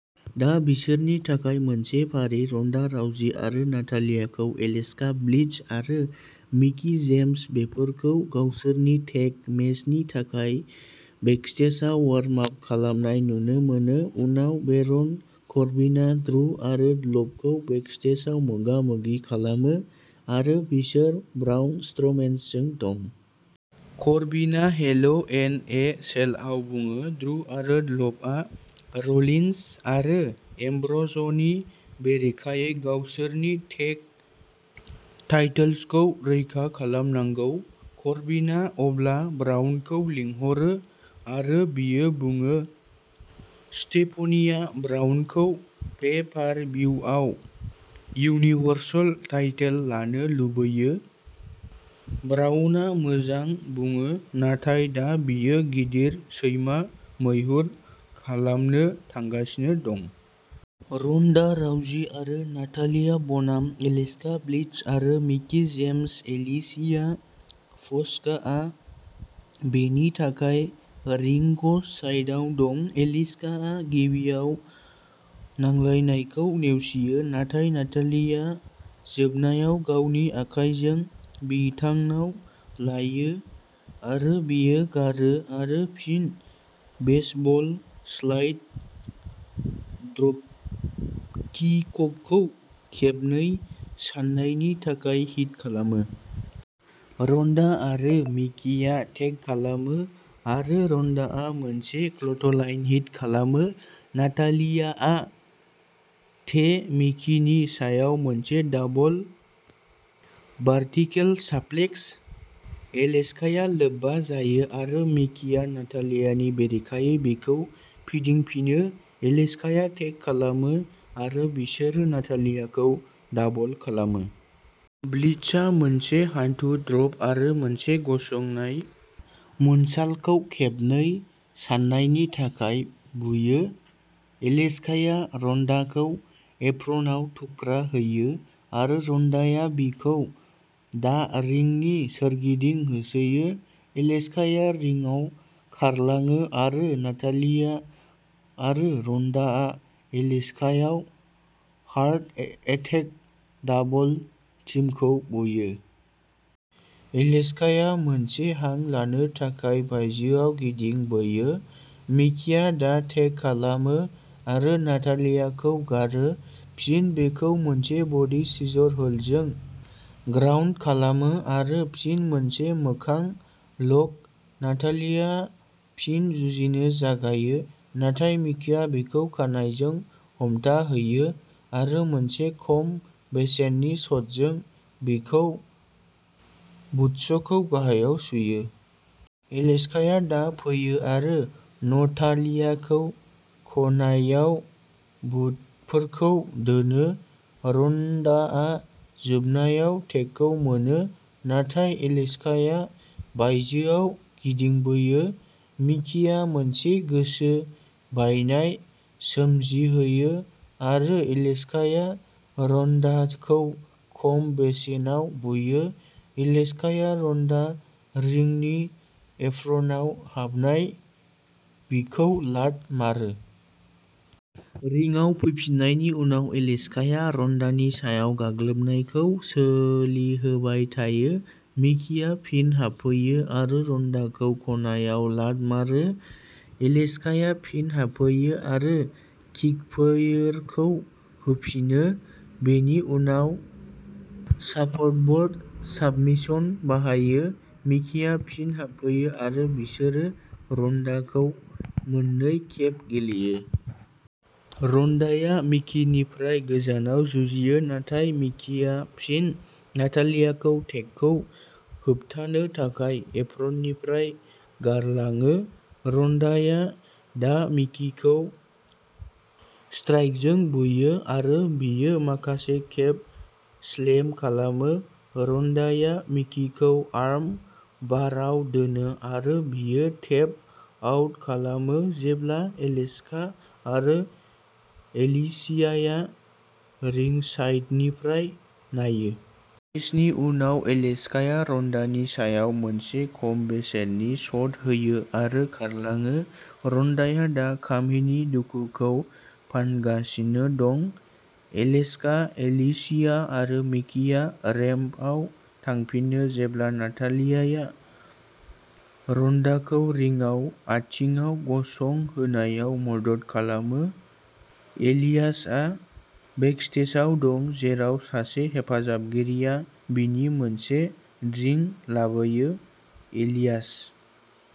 दा बिसोरनि थाखाय मोनसे फारि। रन्डा राउजी आरो नातालियाखौ एलेक्सा ब्लिस आरो मिकी जेम्सनि बेरेखायै गावसोरनि टेग मेचनि थाखाय बेकस्टेज वार्म आप खालामनाय नुनो मोनो, उनाव बेरन करबिनआ ड्रू आरो डल्फखौ बेकस्टेजआव मोगा-मोगि खालामो, आरो बिसोर ब्राउन स्ट्र'मेनजों दं। करबिनआ हेल इन ए सेलआव बुङो, ड्रू आरो डल्फआ र'लिन्स आरो एम्ब्र'जनि बेरेखायै गावसोरनि टेग टाइटल्सखौ रैखा खालामनांगौ। करबिनआ अब्ला ब्राउनखौ लिंहरो, आरो बियो बुङो स्टेफनीआ ब्राउनखौ पे-पार-भिउआव यूनिवर्सल टाइटल लानो लुबैयो। ब्राउनआ मोजां बुङो, नाथाय दा बियो गिदिर सैमा मैहुर खालामनो थांगासिनो दं। रन्डा राउजी आरो नातालिया बनाम एलेक्सा ब्लिस आरो मिकी जेम्स एलिसिया फक्सआ बेनि थाखाय रिंगसाइडआव दं। एलेक्साआ गिबियाव नांलायनायखौ नेवसियो, नाथाय नातालियाआ जोबनायाव गावनि आखाइखौ बिथांनाव लायो आरो बिखौ गारो आरो फिन बेसबल स्लाइड ड्रपकिकखौ खेबनै साननायनि थाखाय हिट खालामो। रन्डा आरो मिकीआ टेग खालामो आरो रन्डाआ मोनसे क्ल'थलाइन हिट खालामो। नातालियाआ टे मिकीनि सायाव मोनसे दाबल भार्टिकेल साप्लेक्स। एलेक्साया लोब्बा जायो आरो मिकीआ नातालियानि बेरेखायै बेखौ फिदिंफिनो। एलेक्साया टेग खालामो आरो बिसोरो नातालियाखौ दाबल खालामो। ब्लिसआ मोनसे हान्थु ड्रप आरो मोनसे गसंनाय मुनसाल्टखौ खेबनै साननायनि थाखाय बुयो। एलेक्साया रन्डाखौ एप्रनआव थुख्रा होयो, आरो रन्डाआ बिखौ दा रिंनि सोरगिदिं होसोयो। एलेक्साया रिंआव खारलाङो आरो नातालिया आरो रन्डाआ एलेक्सायाव हार्ट ए-एटेक दाबल टीमखौ बुयो। एलेक्साया मोनसे हां लानो थाखाय बायजोआव गिदिंबोयो। मिकीआ दा टेग खालामो आरो नातालियाखौ गारो, फिन बिखौ मोनसे बडी सिजर होल्डजों ग्राउन्द खालामो, आरो फिन मोनसे मोखां लक। नातालियाआ फिन जुजिनो जागायो, नाथाय मिकीआ बिखौ खानाइजों हमथाहोयो आरो मोनसे खम बेसेननि शटजों बिखौ बुट्सखौ गाहायाव सुयो। एलेक्साया दा फैयो आरो नटालियाखौ खनायाव बुटफोरखौ दोनो। रन्डाआ जोबनायाव टेगखौ मोनो, नाथाय एलेक्साया बायजोआव गिदिंबोयो। मिकीया मोनसे गोसो बायनाय सोमजिहोयो आरो एलेक्साया रन्डाखौ खम बेसेनाव बुयो। एलेक्साया रन्डा रिंनि एप्रनआव हाबना बिखौ लात मारो। रिंआव फैफिन्नायनि उनाव, एलेक्साया रन्डानि सायाव गाग्लोबनायखौ सोलिहोबाय थायो। मिकीआ फिन हाबफैयो आरो रन्डाखौ खनायाव लात मारो। एलेक्साया फिन हाबहैयो आरो किकफोरखौ होफिनो, बेनि उनाव सार्फब'र्ड साबमिशन बाहायो। मिकीआ फिन हाबहैयो आरो बिसोरो रन्डाखौ मोननै खेब गेलेयो। रन्डाया मिकीनिफ्राय गोजानाव जुजियो, नाथाय मिकीआ फिन नातालियाखौ टेगखौ होबथानो थाखाय एप्रननिफ्राय गारलाङो। रन्डाया दा मिकीखौ स्ट्राइकजों बुयो आरो बिखौ माखासे खेब स्लेम खालामो। रन्डाया मिकीखौ आर्म बारआव दोनो आरो बियो टेप आउट खालामो जेब्ला एलेक्सा आरो एलिसियाया रिंसाइडनिफ्राय नायो। मेचनि उनाव, एलेक्साया रन्डानि सायाव मोनसे खम बेसेननि शट होयो आरो खारलाङो। रन्डाया दा खामिनि दुखुखौ फानगासिनो दं। एलेक्सा, एलिसिया आरो मिकीआ रेम्पआव थांफिनो जेब्ला नातालियाया रन्डाखौ रिंआव आथिंआव गसंहोनायाव मदद खालामो। एलियासआ बेकस्टेजआव दं जेराव सासे हेफाजाबगिरिया बिनो मोनसे ड्रिंक लाबोयो। एलियास